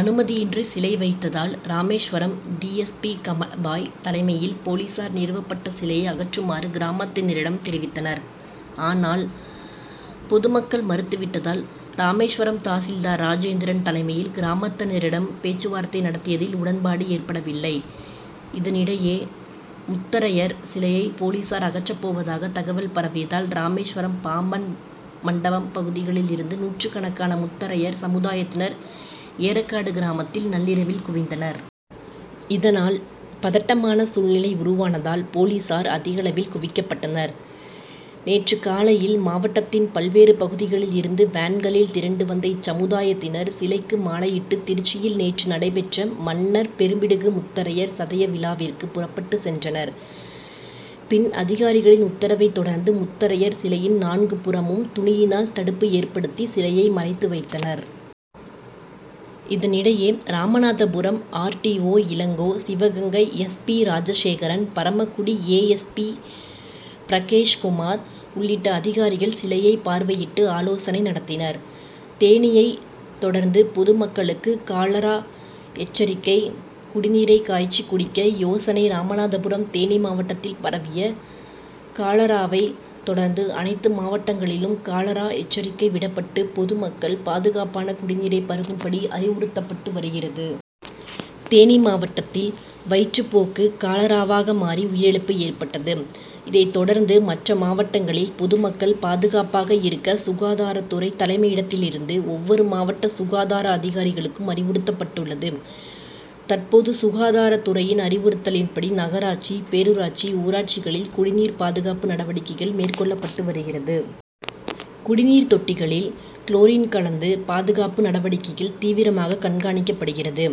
அனுமதியின்றி சிலை வைத்ததால் Rameswaram D. S. பி.,கமலபாய் தலைமையில் போலீசார் நிறுவப்பட்ட சிலையை அகற்றுமாறு கிராமத்தினரிடம் தெரிவித்தனர். ஆனால் பொது மக்கள் மறுத்து விட்டதால் ராமேஸ்வரம் தாசில்தார் ராஜேந்திரன் தலைமையில் கிராமத்தினரிடம் பேச்சுவார்த்தை நடத்தியதில் உடன்பாடு ஏற்படவில்லை. இதனிடையே முத்தரையர் சிலையை போலீசார் அகற்றப்போவதாக தகவல் பரவியதால் ராமேஸ்வரம், பாம்பன், மண்டபம் பகுதிகளில் இருந்து நூற்றுக்கணக்கான முத்தரையர் சமுதாயத்தினர் ஏரகாடு கிராமத்தில் நள்ளிரவில் குவிந்தனர். இதனால் பதட்டமான சூழ்நிலை உருவானதால் போலீசார் அதிகளவில் குவிக்கப்பட்டனர். நேற்று காலையில் மாவட்டத்தின் பல்வேறு பகுதிகளில் இருந்து வேன்களில் திரண்டு வந்த இச்சமுதாயத்தினர் சிலைக்கு மாலையிட்டு திருச்சியில் நேற்று நடைபெற்ற மன்னர் பெரும்பிடுகு முத்தரையர் சதய விழாவிற்கு புறப்பட்டு சென்றனர். பின் அதிகாரிகளின் உத்தரவை தொடர்ந்து முத்தரையர் சிலையின் நான்கு புறமும் துணியினால் தடுப்பு ஏற்படுத்தி சிலையை மறைத்து வைத்தனர். இதனிடையே ராமநாதபுரம் ஆர். டி. ஓ., இளங்கோ, சிவகங்கை எஸ். பி.,ராஜசேகரன், பரமக்குடி ஏ. எஸ். பி., பிரகேஷ்குமார் உள்ளிட்ட அதிகாரிகள் சிலையை பார்வையிட்டு ஆலோசனை நடத்தினர். தேனியை தொடர்ந்து பொது மக்களுக்கு காலார எச்சரிக்கை குடிநீரை காய்ச்சி குடிக்க யோசனை ராமநாதபுரம் தேனி மாவட்டத்தில் பரவிய காலாரவை தொடர்ந்து அனைத்து மாவட்டங்களிலும் காலார எச்சரிக்கை விடப்பட்டு பொது மக்கள் பாதுகாப்பான குடிநீரை பருகும்படி அறிவுருத்தப்பட்டு வருகிறது. தேனி மாவட்டத்தில் வயிற்று போக்கு காலாராவாக மாறி உயிரிழப்பு ஏற்பட்டது. இதை தொடர்ந்து மற்ற மாவட்டங்களில் பொது மக்கள் பாதுகாப்பாக இருக்க சுகாதார துறை தலைமையிடத்திலிருந்து ஒவ்வொரு மாவட்ட சுகாதார அதிகாரிகளுக்கும் அறிவுருத்தப்பட்டுள்ளது. தற்போது சுகாதார துறையின் அறிவுறுத் தலின்படி நகராட்சி, பேரூராட்சி, ஊராட்சிகளில் குடிநீர் பாதுகாப்பு நடவடிக்கைகள் மேற்கொள்ளப்பட்டு வருகிறது. குடிநீர் தொட்டிகளில் குளோரின் கலந்து பாதுகாப்பு நடவடிக்கைகள் தீவிரமாக கண்காணிக்கப்படுகிறது.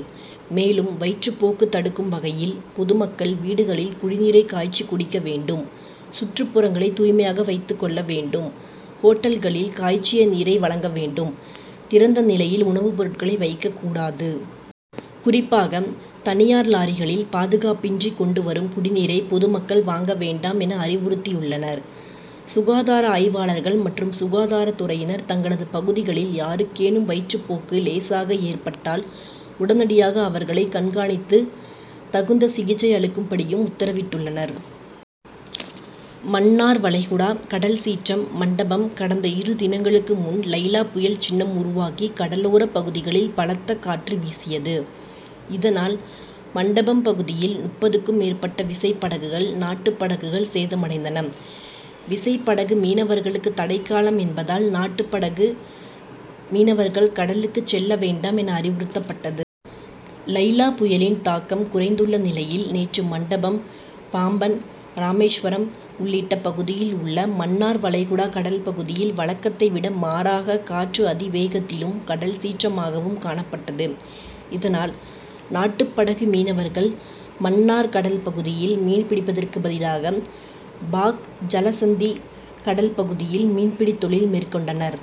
மேலும் வயிற்று போக்கு தடுக்கும் வகையில் பொதுமக்கள் வீடுகளில் குடிநீரை காய்ச்சி குடிக்க வேண்டும். சுற்றுப்புறங்களை தூய்மையாக வைத்துக் கொள்ள வேண்டும். ஓட்டல்களில் காய்ச்சிய நீரை வழங்க வேண்டும். திறந்த நிலையில் உணவு பொருட்களை வைக்கக்கூடாது. குறிப்பாக தனியார் லாரிகளில் பாதுகாப்பின்றி கொண்டு வரும் குடிநீரை பொது மக்கள் வாங்க வேண்டாம் என அறிவுருத்தியுள்ளனர். சுகாதார ஆய்வாளர்கள் மற்றும் சுகாதார துறையினர் தங்களது பகுதிகளில் யாருக்கேனும் வயிற்று போக்கு லேசாக ஏற்பட்டால் உடனடியாக அவர்களை கண்காணித்து தகுந்த சிகிச்சை அளிக்கும்படியும் உத்தரவிட்டுள்ளனர். மன்னார் வளைகுடா கடல் சீற்றம் மண்டபம் கடந்த இரு தினங்களுக்கு முன் லைலா புயல் சின்னம் உருவாகி கடலோர பகுதிகளில் பலத்த காற்று வீசியது. இதனால் மண்டபம் பகுதியில் முப்பதுக்கும் மேற்பட்ட விசைப்படகுகள், நாட்டுப்படகுகள் சேதமடைந்தன. விசைப்படகு மீனவர்களுக்கு தடைக்காலம் என்பதால், நாட்டுப்படகு மீனவர்கள் கடலுக்கு செல்ல வேண்டாம் என அறிவுறுத்தப்பட்டது. லைலா புயலின் தாக்கம் குறைந்துள்ள நிலையில் நேற்று மண்டபம், பாம்பன், ராமேஸ்வரம் உள்ளிட்ட பகுதியில் உள்ள மன்னார் வளைகுடா கடல்பகுதியில் வழக்கத்தை விட மாறாக காற்று அதிவேகத்திலும், கடல் சீற்றமாகவும் காணப்பட்டது. இதனால் நாட்டுப்படகு மீனவர்கள் மன்னார் கடல் பகுதியில் மீன்பிடிப்பதற்கு பதிலாக பாக் ஜலசந்தி கடல்பகுதியில் மீன்பிடி தொழில் மேற்கொண்டனர்.